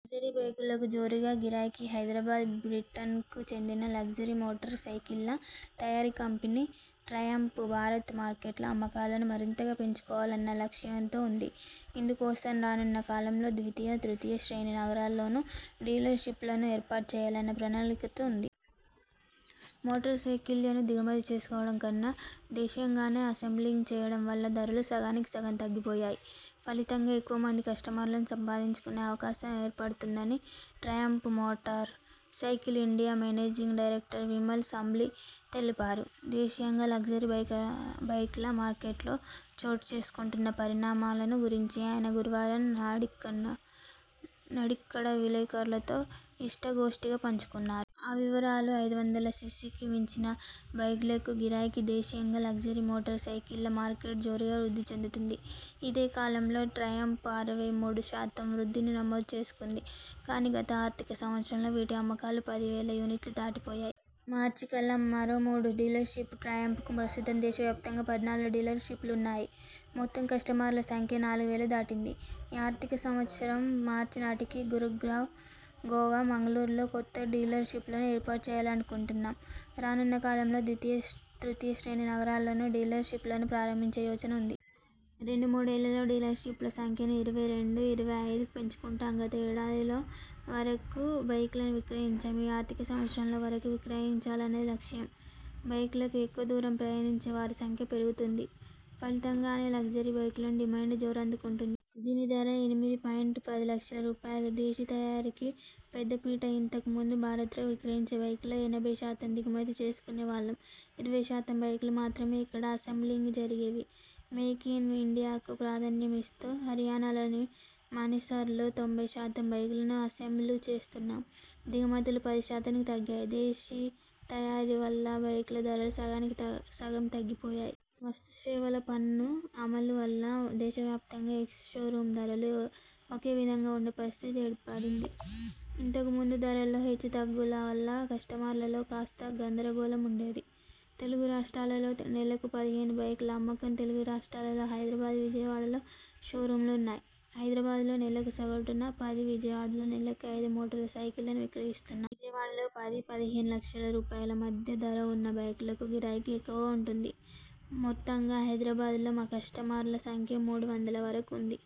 Luxury బైక్లకు జోరుగా గిరాకీ హైదరాబాద్ బ్రిటన్కు చెందిన లగ్జరీ మోటార్ సైకిల్ల్ల తయారీ కంపెనీ ట్రయంఫ్, భారత మార్కెట్లో అమ్మకాలను మరింతగా పెంచుకోవాలన్న లక్ష్యంతో ఉంది. ఇందు కోసం రానున్న కాలంలో ద్వితీయ, తృతీయ శ్రేణి నగరాల్లోనూ డీలర్ షిప్లను ఏర్పాటు చేయాలన్న ప్రణాళికలతో ఉంది. మోటార్ సైకిళ్ల ను దిగుమతి చేసుకోవడం కన్నా దేశీయం గానే అసెంబ్లింగ్ చేయడం వల్ల ధరలు సగానికి సగం తగ్గి పోయాయి. ఫలితంగా ఎక్కువ మంది కస్టమర్లను సంపాదించుకునే అవకాశం ఏర్పడుతోందని Triumph motorcycle India managing director Vimal Sambli తెలిపారు. దేశీయంగా లగ్జరీ బైక్ల మార్కెట్లో చోటు చేసుకుంటున్న పరిణామాలను గురించి ఆయన గురువారం నాడిక్కడ విలేకరులతో ఇష్టా గోష్టిగా పంచుకున్నారు. ఆ వివరాలు, ఐదు వందల సిసికి మించిన బైక్లకు గిరాకీ దేశీయంగా లగ్జరీ మోటార్ సైకిళ్ళ మార్కెట్ జోరుగా వృద్ధి చెందుతోంది. ఇదే కాలంలో ట్రయంఫ్ అరవై మూడు శాతం వృద్ధిని నమోదు చేసుకుంది. కానీ గత ఆర్థిక సంవత్సరంలో వీటి అమ్మకాలు పది వేల యూనిట్లు దాటి పోయాయి. మార్చి కల్లా మరో మూడు డీలర్ షిప్ ట్రయంఫ్‌కు ప్రస్తుతం దేశ వ్యాప్తంగా పద్నాలుగు డీలర్ షిప్లున్నాయి. మొత్తం కస్టమర్ల సంఖ్య నాలుగు వేలు దాటింది. ఈ ఆర్థిక సంవత్సరం మార్చి నాటికి గుర్గావ్, గోవా, మంగుళూరులో కొత్త డీలర్ షిప్లను ఏర్పాటు చేయాలనుకుంటున్నాం. రానున్న కాలంలో ద్వితీయ, తృతీయ శ్రేణి నగరాల్లోనూ డీలర్ షిప్లను ప్రారంభించే యోచన ఉంది. రెండు మూడేళ్లలో డీలర్ షిప్ల సంఖ్యను ఇరవై రెండు, ఇరవై ఐదుకు పెంచుకుంటాం గత ఏడాదిలో వరకు బైక్లను విక్రయించాం. ఈ ఆర్థిక సంవత్సరంలో వరకు విక్రయించాలన్నది లక్ష్యం. బైక్లకు ఎక్కువ దూరం ప్రయాణించే వారి సంఖ్య పెరుగుతోంది. ఫలితం గానే లగ్జరీ బైక్లకు డిమాండ్ జోరందు కుంటోంది. దీని ధర ఎనిమిది పాయింట్ పది లక్షల రూపాయలు దేశీ తయారీకి పెద్దపీట ఇంతకు ముందు భారత్లో విక్రయించే బైకుల్లో ఎనభై శాతం దిగుమతి చేసుకునే వాళ్లం ఇరవై శాతం బైక్లు మాత్రమే ఇక్కడ అసెంబ్లింగ్ జరిగేవి మేక్ ఇన్ ఇండియాకు ప్రాధాన్యం ఇస్తూ హర్యానాలోని మనేసర్లో తొంభై శాతం బైక్లను అసెంబుల్ చేస్తున్నాం దిగుమతులు పది శాతానికి తగ్గాయి దేశీ తయారీ వల్ల బైక్ల ధరలు సగానికి సగం తగ్గి పోయాయి. వస్తు సేవల పన్ను అమలు వల్ల దేశ వ్యాప్తంగా ఎక్స్ షో రూమ్ ధరలు ఒకే విధంగా ఉండే పరిస్థితి ఏర్పడింది. ఇంతకు ముందు ధరల్లో హెచ్చు తగ్గుల వల్ల కస్టమర్ల లో కాస్త గందర గోళం ఉండేది. తెలుగు రాస్ట్రాలలో నెలకు పదిహేను బైక్ల అమ్మకం తెలుగు రాస్ట్రాలలో హైదరాబాద్, విజయవాడలో షోరూమ్లున్నాయి హైదరాబాద్లో నెలకు సగటున పది, విజయవాడలో నెలకు ఐదు మోటార్ సైకిళ్లను విక్రయిస్తున్నాం. విజయవాడలో పది, పదిహేను లక్షల రూపాయల మధ్య ధర ఉన్న బైక్లకు గిరాకీ ఎక్కువగా ఉంటోంది. మొత్తంగా హైదరాబాద్లో మా కస్టమర్ల సంఖ్య మూడు వందల వరకు ఉంది.